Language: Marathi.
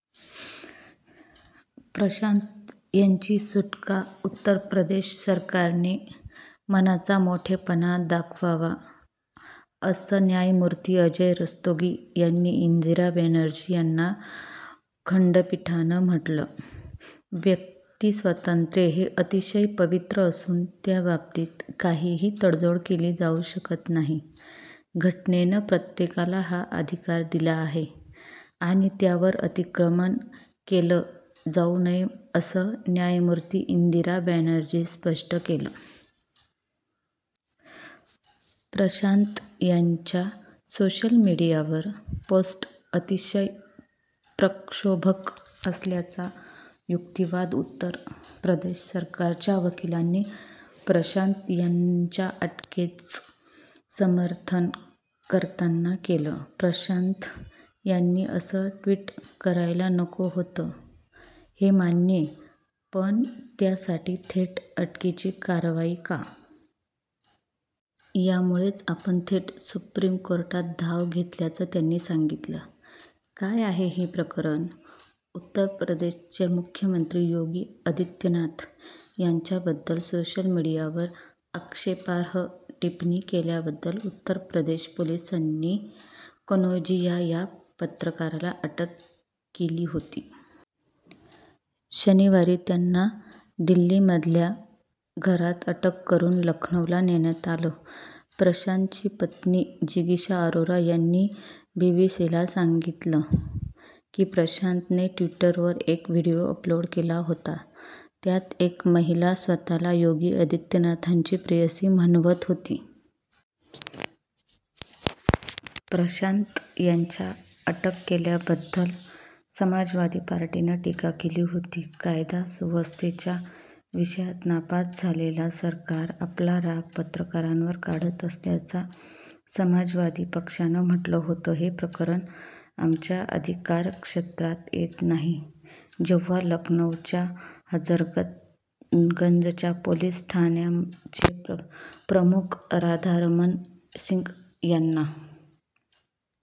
प्रशांत यांची सुटका उत्तर प्रदेश सरकारने मनाचा मोठेपणा दाखवावा, असं न्यायमूर्ती अजय रस्तोगी आणि इंदिरा बॅनर्जी यांच्या खंडपीठानं म्हटलं. व्यक्तिस्वातंत्र्य हे अतिशय पवित्र असून त्याबाबतीत कोणतीही तडजोड केली जाऊ शकत नाही. घटनेनं प्रत्येकाला हा अधिकार दिला आहे आणि त्यावर अतिक्रमण केलं जाऊ नये, असं न्यायमूर्ती इंदिरा बॅनर्जींनी स्पष्ट केलं. प्रशांत यांच्या सोशल मीडियावरील पोस्ट्स अतिशय प्रक्षोभक असल्याचा युक्तिवाद उत्तर प्रदेश सरकारच्या वकिलांनी प्रशांत यांच्या अटकेचं समर्थन करताना केला. प्रशांत यांनी असे ट्वीट करायला नको होतं, हे मान्य. पण त्यासाठी थेट अटकेची कारवाई का? त्यामुळेच आपण थेट सुप्रीम कोर्टात धाव घेतल्याचं त्यांनी सांगितलं. काय आहे हे प्रकरण? उत्तर प्रदेशचे मुख्यमंत्री योगी आदित्यनाथ यांच्याबद्दल सोशल मीडियावर आक्षेपार्ह टिप्पणी केल्याबद्दल उत्तर प्रदेश पोलिसांनी प्रशांत कनौजिया या पत्रकाराला अटक केली होती. शनिवारी त्यांना दिल्लीमधल्या घरात अटक करून लखनौला नेण्यात आलं. प्रशांतची पत्नी जिगीषा अरोरा यांनी बीबीसीला सांगितलं, की प्रशांतने ट्विटरवर एक व्हीडिओ अपलोड केला होता. त्यात एक महिला स्वतःला योगी आदित्यनाथांची प्रेयसी म्हणवत होती. प्रशांत यांच्या अटक केल्याबद्दल समाजवादी पार्टीनंही टीका केली होती. कायदा सुव्यवस्थेच्या विषयात नापास झालेले सरकार आपला राग पत्रकारांवर काढत असल्याचं समाजवादी पक्षानं म्हटलं होतं. हे प्रकरण आमच्या अधिकार क्षेत्रात येत नाही जेव्हा लखनौच्या हजरतगंजच्या पोलीस ठाण्याचे प्रमुख राधारमण सिंह यांना